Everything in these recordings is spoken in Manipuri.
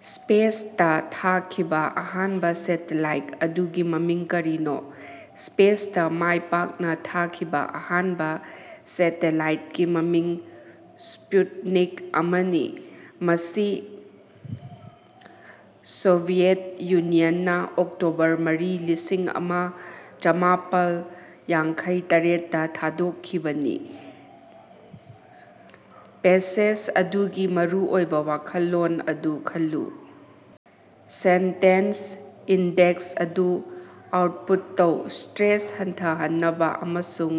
ꯁ꯭ꯄꯦꯁꯇ ꯊꯥꯈꯤꯕ ꯑꯍꯥꯟꯕ ꯁꯦꯇꯂꯥꯏꯠ ꯑꯗꯨꯒꯤ ꯃꯃꯤꯡ ꯀꯔꯤꯅꯣ? ꯁ꯭ꯄꯦꯁꯇꯥ ꯃꯥꯏ ꯄꯥꯛꯅ ꯊꯥꯈꯤꯕꯥ ꯑꯍꯥꯟꯕ ꯁꯦꯇꯦꯂꯥꯏꯠꯀꯤ ꯃꯃꯤꯡ ꯁ꯭ꯄꯨꯠꯅꯤꯛ ꯑꯃꯅꯤ, ꯃꯁꯤ ꯁꯣꯚꯤꯌꯦꯠ ꯌꯨꯅꯤꯌꯟꯅ ꯑꯣꯛꯇꯣꯕꯔ ꯃꯔꯤ, ꯂꯤꯁꯤꯡ ꯑꯃ ꯆꯃꯥꯄꯥꯜ ꯌꯥꯡꯈꯩ ꯇꯔꯦꯠꯇ ꯊꯥꯗꯣꯛꯈꯤꯕꯅꯤ꯫ ꯄꯦꯁꯦꯖ ꯑꯗꯨꯒꯤ ꯃꯔꯨꯑꯣꯏꯕ ꯋꯥꯈꯜꯂꯣꯟ ꯑꯗꯨ ꯈꯜꯂꯨ, ꯁꯦꯟꯇꯦꯟꯁ ꯏꯟꯗꯦꯛꯁ ꯑꯗꯨ ꯑꯥꯎꯠꯄꯨꯠ ꯇꯧ꯫ ꯁ꯭ꯇꯔꯦꯁ ꯍꯟꯊꯍꯟꯅꯕ ꯑꯃꯁꯨꯡ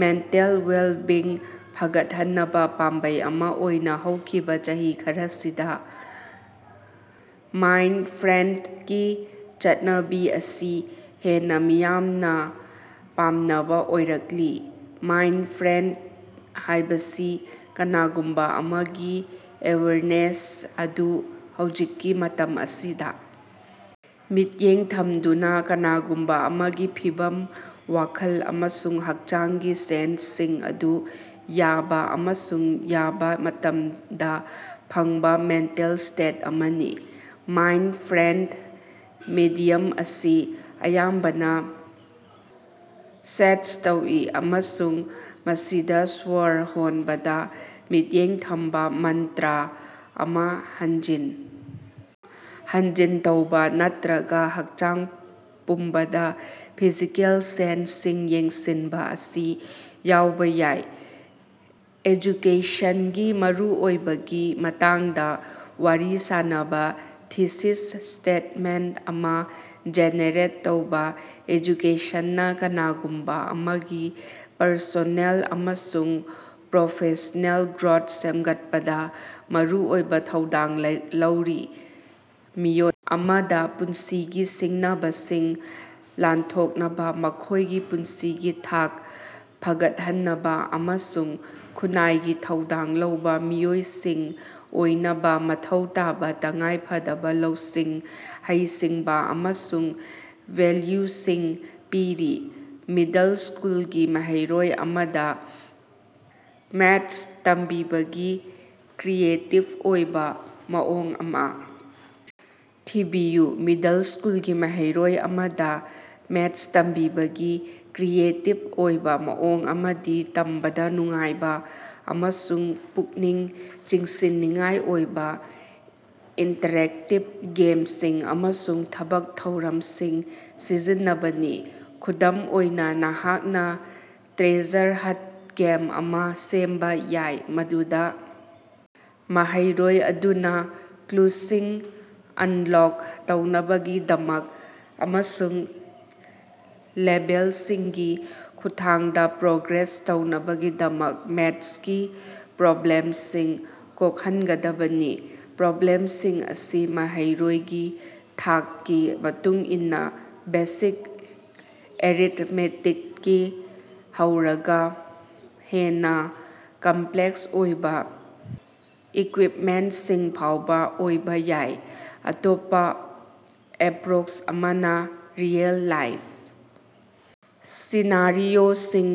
ꯃꯦꯟꯇꯦꯜ ꯋꯦꯜꯕꯤꯡ ꯐꯒꯠꯍꯟꯅꯕ ꯄꯥꯝꯕꯩ ꯑꯃ ꯑꯣꯏꯅ ꯍꯧꯈꯤꯕ ꯆꯍꯤ ꯈꯔꯁꯤꯗ ꯃꯥꯏꯟꯗꯐ꯭ꯔꯦꯟꯗꯒꯤ ꯆꯠꯅꯕꯤ ꯑꯁꯤ ꯍꯦꯟꯅ ꯃꯤꯌꯥꯃꯅ ꯄꯥꯝꯅꯕ ꯑꯣꯏꯔꯛꯂꯤ꯫ ꯃꯥꯏꯟꯗꯐ꯭ꯔꯦꯟꯗ ꯍꯥꯏꯕꯁꯤ ꯀꯅꯥꯒꯨꯝꯕ ꯑꯃꯒꯤ ꯑꯦꯋꯦꯌꯔꯅꯦꯁ ꯑꯗꯨ ꯍꯧꯖꯤꯛꯀꯤ ꯃꯇꯝ ꯑꯁꯤꯗ ꯃꯤꯠꯌꯦꯡ ꯊꯝꯗꯨꯅ, ꯀꯅꯥꯒꯨꯝꯕ ꯑꯃꯒꯤ ꯐꯤꯚꯝ, ꯋꯥꯈꯜ ꯑꯃꯁꯨꯡ ꯍꯛꯆꯥꯡꯒꯤ ꯁꯦꯟꯁꯁꯤꯡ ꯑꯗꯨ ꯌꯥꯕ ꯑꯃꯁꯨꯡ ꯌꯥꯕ ꯃꯇꯝꯗ ꯐꯪꯕ ꯃꯦꯟꯇꯦꯜ ꯁ꯭ꯇꯦꯠ ꯑꯃꯅꯤ꯫ ꯃꯥꯏꯟꯗꯐ꯭ꯔꯦꯟꯗ ꯃꯦꯗꯤꯌꯝ ꯑꯁꯤ ꯑꯌꯥꯝꯕꯅ ꯁꯖ꯭ꯦꯁꯠ ꯇꯧꯏ ꯑꯃꯁꯨꯡ ꯃꯁꯤꯗ ꯁ꯭ꯋꯔ ꯍꯣꯟꯕꯗ ꯃꯤꯠꯌꯦꯡ ꯊꯝꯕ, ꯃꯟꯇꯔꯥ ꯑꯃ ꯍꯟꯖꯤꯟ ꯍꯟꯖꯤꯟ ꯇꯧꯕ ꯅꯠꯇꯔꯒ ꯍꯛꯆꯥꯡ ꯄꯨꯝꯕꯗ ꯐꯤꯖꯤꯀꯦꯜ ꯁꯦꯟꯁꯁꯤꯡ ꯌꯦꯡꯁꯤꯟꯕ ꯑꯁꯤ ꯌꯥꯎꯕ ꯌꯥꯏ꯫ ꯑꯦꯖꯨꯀꯦꯁꯟꯒꯤ ꯃꯔꯨꯑꯣꯏꯕꯒꯤ ꯃꯇꯥꯡꯗ ꯋꯥꯔꯤ ꯁꯥꯅꯕ ꯊꯤꯁꯤꯁ ꯁ꯭ꯇꯦꯠꯃꯦꯟꯠ ꯑꯃ ꯖꯦꯅꯦꯔꯦꯠ ꯇꯧꯕ꯫ "ꯑꯦꯖꯨꯀꯦꯁꯟꯅ ꯀꯅꯥꯒꯨꯝꯕ ꯑꯃꯒꯤ ꯄꯔꯁꯣꯅꯦꯜ ꯑꯃꯁꯨꯡ ꯄ꯭ꯔꯣꯐꯦꯁꯅꯦꯜ ꯒ꯭ꯔꯣꯊ ꯁꯦꯝꯒꯠꯄꯗ ꯃꯔꯨꯑꯣꯏꯕ ꯊꯧꯗꯥꯡ ꯂꯧꯔꯤ, ꯃꯤꯑꯣꯏ ꯑꯃꯗ ꯄꯨꯟꯁꯤꯒꯤ ꯁꯤꯡꯅꯕꯁꯤꯡ ꯂꯥꯟꯊꯣꯛꯅꯕ, ꯃꯈꯣꯏꯒꯤ ꯄꯨꯟꯁꯤꯒꯤ ꯊꯥꯛ ꯐꯒꯠꯍꯟꯅꯕ ꯑꯃꯁꯨꯡ ꯈꯨꯟꯅꯥꯏꯒꯤ ꯊꯧꯗꯥꯡ ꯂꯧꯕ ꯃꯤꯑꯣꯏꯁꯤꯡ ꯑꯣꯏꯅꯕ ꯃꯊꯧ ꯇꯥꯕ ꯇꯉꯥꯏ ꯐꯗꯕ ꯂꯧꯁꯤꯡ, ꯍꯩꯁꯤꯡꯕ ꯑꯃꯁꯨꯡ ꯚꯦꯜꯌꯨꯁꯤꯡ ꯄꯤꯔꯤ꯫" ꯃꯤꯗꯜ ꯁ꯭ꯀꯨꯜꯒꯤ ꯃꯍꯩꯔꯣꯏ ꯑꯃꯗ ꯃꯦꯊꯁ ꯇꯝꯕꯤꯕꯒꯤ ꯀ꯭ꯔꯤꯌꯦꯇꯤꯕ ꯑꯣꯏꯕ ꯃꯑꯣꯡ ꯑꯃ ꯊꯤꯕꯤꯌꯨ꯫ ꯃꯤꯗꯜ ꯁ꯭ꯀꯨꯜꯒꯤ ꯃꯍꯩꯔꯣꯏ ꯑꯃꯗ ꯃꯦꯊꯁ ꯇꯝꯕꯤꯕꯒꯤ ꯀ꯭ꯔꯤꯌꯦꯇꯤꯕ ꯑꯣꯏꯕ ꯃꯑꯣꯡ ꯑꯃꯗꯤ ꯇꯝꯕꯗ ꯅꯨꯡꯉꯥꯏꯕ ꯑꯃꯁꯨꯡ ꯄꯨꯛꯅꯤꯡ ꯆꯤꯡꯁꯤꯟꯅꯤꯡꯉꯥꯏ ꯑꯣꯏꯕ ꯏꯟꯇꯔꯦꯛꯇꯤꯕ ꯒꯦꯝꯁꯤꯡ ꯑꯃꯁꯨꯡ ꯊꯕꯛ ꯊꯧꯔꯃꯁꯤꯡ ꯁꯤꯖꯤꯟꯅꯕꯅꯤ꯫ ꯈꯨꯗꯝ ꯑꯣꯏꯅ, ꯅꯍꯥꯛꯅ ꯇ꯭ꯔꯦꯖꯔ ꯍꯟꯠ ꯒꯦꯝ ꯑꯃ ꯁꯦꯝꯕ ꯌꯥꯏ, ꯃꯗꯨꯗ ꯃꯍꯩꯔꯣꯏ ꯑꯗꯨꯅ ꯀ꯭ꯂꯨꯁꯤꯡ ꯑꯟꯂꯣꯛ ꯇꯧꯅꯕꯒꯤꯗꯃꯛ ꯑꯃꯁꯨꯡ ꯂꯦꯚꯦꯜꯁꯤꯡꯒꯤ ꯈꯨꯠꯊꯥꯡꯗ ꯄ꯭ꯔꯣꯒ꯭ꯔꯦꯁ ꯇꯧꯅꯕꯒꯤꯗꯃꯛ ꯃ꯭ꯦꯊꯁꯀꯤ ꯄ꯭ꯔꯣꯕ꯭ꯂꯦꯝꯁꯤꯡ ꯀꯣꯛꯍꯟꯒꯗꯕꯅꯤ꯫ ꯄ꯭ꯔꯣꯕ꯭ꯂꯦꯝꯁꯤꯡ ꯑꯁꯤ ꯃꯍꯩꯔꯣꯏꯒꯤ ꯊꯥꯛꯀꯤ ꯃꯇꯨꯡ ꯏꯟꯅ ꯕꯦꯁꯤꯛ ꯑꯦꯔꯤꯊꯃꯦꯇꯤꯛꯇꯒꯤ ꯍꯧꯔꯒ ꯍꯦꯟꯅ ꯀꯝꯄꯂꯦꯛꯁ ꯑꯣꯏꯕ ꯏꯀ꯭ꯌꯨꯏꯞꯃꯦꯟꯠꯁꯤꯡ ꯐꯥꯎꯕ ꯑꯣꯏꯕ ꯌꯥꯏ꯫ ꯑꯇꯣꯞꯄ ꯑꯦꯄ꯭ꯔꯣꯆ ꯑꯃꯅ ꯔꯤꯑꯦꯜ-ꯂꯥꯏꯐ ꯁꯤꯅꯥꯔꯤꯑꯣꯁꯤꯡ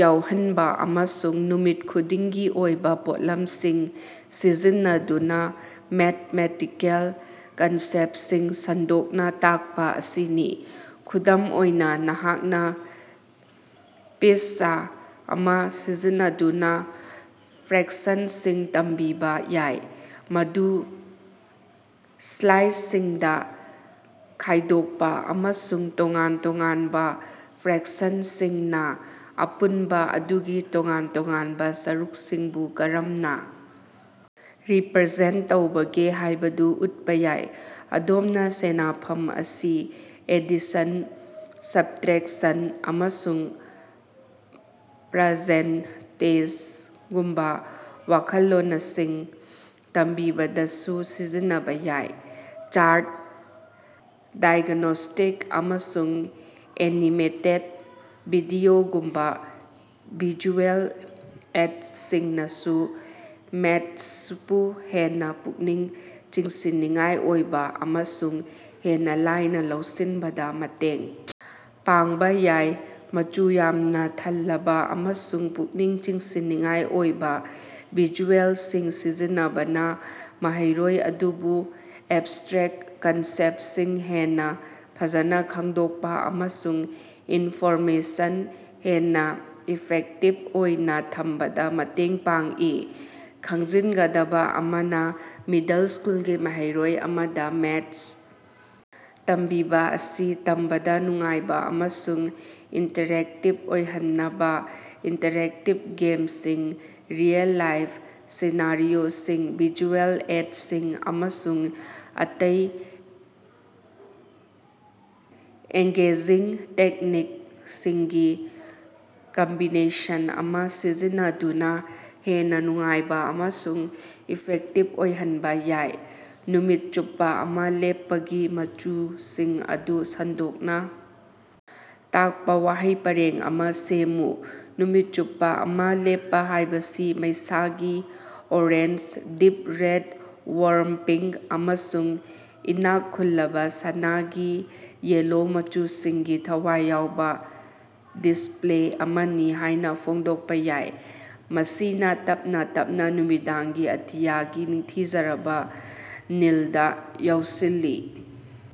ꯌꯥꯎꯍꯟꯕ ꯑꯃꯁꯨꯡ ꯅꯨꯃꯤꯠ ꯈꯨꯗꯤꯡꯒꯤ ꯑꯣꯏꯕ ꯄꯣꯠꯂꯝꯁꯤꯡ ꯁꯤꯖꯤꯟꯅꯗꯨꯅ ꯃ꯭ꯦꯊꯃꯦꯇꯤꯀꯦꯜ ꯀꯟꯁꯦꯞꯁꯤꯡ ꯁꯟꯗꯣꯛꯅꯥ ꯇꯥꯛꯄ ꯑꯁꯤꯅꯤ꯫ ꯈꯨꯗꯝ ꯑꯣꯏꯅ, ꯅꯍꯥꯛꯅ ꯄꯤꯖ꯭ꯖꯥ ꯑꯃ ꯁꯤꯖꯤꯟꯅꯗꯨꯅ ꯐ꯭ꯔꯦꯛꯁꯟꯁꯤꯡ ꯇꯝꯕꯤꯕ ꯌꯥꯏ, ꯃꯗꯨ ꯁ꯭ꯂꯥꯏꯁꯁꯤꯡꯗ ꯈꯥꯏꯗꯣꯛꯄ ꯑꯃꯁꯨꯡ ꯇꯣꯉꯥꯟ-ꯇꯣꯉꯥꯟꯕ ꯐ꯭ꯔꯦꯛꯁꯟꯁꯤꯡꯅ ꯑꯄꯨꯟꯕ ꯑꯗꯨꯒꯤ ꯇꯣꯉꯥꯟ-ꯇꯣꯉꯥꯟꯕ ꯁꯔꯨꯛꯁꯤꯡꯕꯨ ꯀꯔꯝꯅ ꯔꯤꯄ꯭ꯔꯖꯦꯟꯠ ꯇꯧꯕꯒꯦ ꯍꯥꯏꯕꯗꯨ ꯎꯠꯄ ꯌꯥꯏ꯫ ꯑꯗꯣꯝꯅ ꯁꯦꯅꯐꯝ ꯑꯁꯤ ꯑꯦꯗꯤꯁꯟ, ꯁꯕꯠꯔꯦꯛꯁꯟ, ꯑꯃꯁꯨꯡ ꯄꯥꯔꯁꯦꯟꯇꯦꯖꯒꯨꯝꯕ ꯋꯥꯈꯜꯂꯣꯅꯁꯤꯡ ꯇꯝꯕꯤꯕꯗꯁꯨ ꯁꯤꯖꯤꯟꯅꯕ ꯌꯥꯏ꯫ ꯆꯥ꯭ꯔꯠ, ꯗꯥꯏꯒꯅꯣꯁ꯭ꯇꯤꯛ, ꯑꯃꯁꯨꯡ ꯑꯦꯅꯤꯃꯦꯇꯦꯗ ꯚꯤꯗꯤꯑꯣꯒꯨꯝꯕ ꯚꯤꯖꯨꯑꯦꯜ ꯑꯦꯗꯁꯤꯡꯅꯁꯨ ꯃ꯭ꯦꯊꯁꯄꯨ ꯍꯦꯟꯅ ꯄꯨꯛꯅꯤꯡ ꯆꯤꯡꯁꯤꯟꯅꯤꯡꯉꯥꯏ ꯑꯣꯏꯕ ꯑꯃꯁꯨꯡ ꯍꯦꯟꯅ ꯂꯥꯏꯅ ꯂꯧꯁꯤꯟꯕꯗ ꯃꯇꯦꯡ ꯄꯥꯡꯕ ꯌꯥꯏ꯫ ꯃꯆꯨ ꯀꯌꯥꯅ ꯊꯜꯂꯕ ꯑꯃꯁꯨꯡ ꯄꯨꯛꯅꯤꯡ ꯆꯤꯡꯁꯤꯟꯅꯤꯡꯉꯥꯏ ꯑꯣꯏꯕ ꯚꯤꯖꯨꯑꯦꯂꯁꯤꯡ ꯁꯤꯖꯤꯟꯅꯕꯅ ꯃꯍꯩꯔꯣꯏ ꯑꯗꯨꯕꯨ ꯑꯦꯕꯁ꯭ꯇꯔꯦꯛ ꯀꯟꯁꯦꯞꯁꯤꯡ ꯍꯦꯟꯅ ꯐꯖꯅ ꯈꯪꯗꯣꯛꯄꯥ ꯑꯃꯁꯨꯡ ꯏꯟꯐꯣꯔꯃꯦꯁꯟ ꯍꯦꯟꯅ ꯏꯐꯦꯛꯇꯤꯚ ꯑꯣꯏꯅ ꯊꯝꯕꯗꯥ ꯃꯇꯦꯡ ꯄꯥꯡꯏ꯫ ꯈꯪꯖꯤꯟꯒꯗꯕ ꯑꯃꯅ, ꯃꯤꯗꯜ ꯁ꯭ꯀꯨꯜꯒꯤ ꯃꯍꯩꯔꯣꯏ ꯑꯃꯗ ꯃ꯭ꯦꯊꯁ ꯇꯝꯕꯤꯕꯥ ꯑꯁꯤ ꯇꯝꯕꯗ ꯅꯨꯡꯉꯥꯏꯕ ꯑꯃꯁꯨꯡ ꯏꯟꯇꯔꯦꯛꯇꯤꯕ ꯑꯣꯏꯍꯟꯅꯕ ꯏꯟꯇꯔꯦꯛꯇꯤꯕ ꯒꯦꯝꯁꯤꯡ, ꯔꯤꯑꯦꯜ-ꯂꯥꯏꯐ ꯁꯤꯅꯥꯔꯤꯑꯣꯁꯤꯡ, ꯚꯤꯖꯨꯑꯦꯜ ꯑꯦꯗꯁꯤꯡ, ꯑꯃꯁꯨꯡ ꯑꯇꯩ ꯑꯦꯡꯒꯦꯖꯤꯡ ꯇꯦꯛꯅꯤꯀꯁꯤꯡꯒꯤ ꯀꯝꯕꯤꯅꯦꯁꯟ ꯑꯃ ꯁꯤꯖꯤꯟꯅꯗꯨꯅ ꯍꯦꯟꯅ ꯅꯨꯡꯉꯥꯏꯕ ꯑꯃꯁꯨꯡ ꯏꯐꯦꯛꯇꯤꯚ ꯑꯣꯏꯍꯟꯕ ꯌꯥꯏ꯫ ꯅꯨꯃꯤꯠ ꯆꯨꯞꯄ ꯑꯃꯥ ꯂꯦꯞꯄꯒꯤ ꯃꯆꯨꯁꯤꯡ ꯑꯗꯨ ꯁꯟꯗꯣꯛꯅ ꯇꯥꯛꯄ ꯋꯥꯍꯩ ꯄꯔꯦꯡ ꯑꯃ ꯁꯦꯝꯃꯨ꯫ ꯅꯨꯃꯤꯠ ꯆꯨꯞꯄ ꯑꯃꯥ ꯂꯦꯞꯄ ꯍꯥꯏꯕꯁꯤ ꯃꯩꯁꯥꯒꯤ orange, deep red, warm pink, ꯑꯃꯁꯨꯡ ꯏꯅꯥꯛ ꯈꯨꯜꯂꯕ ꯁꯅꯥꯒꯤ ꯌꯦꯜꯂꯣ ꯃꯆꯨꯁꯤꯡꯒꯤ ꯊꯋꯥꯏ ꯌꯥꯎꯕ ꯗꯤꯁꯄ꯭ꯂꯦ ꯑꯃꯅꯤ ꯍꯥꯏꯅ ꯐꯣꯡꯗꯣꯛꯄ ꯌꯥꯏ, ꯃꯁꯤꯅ ꯇꯞꯅ ꯇꯞꯅ ꯅꯨꯃꯤꯗꯥꯡꯒꯤ ꯑꯇꯤꯌꯥꯒꯤ ꯅꯤꯡꯊꯤꯖꯔꯕ ꯅꯤꯜꯗ ꯌꯥꯎꯁꯤꯜꯂꯤ꯫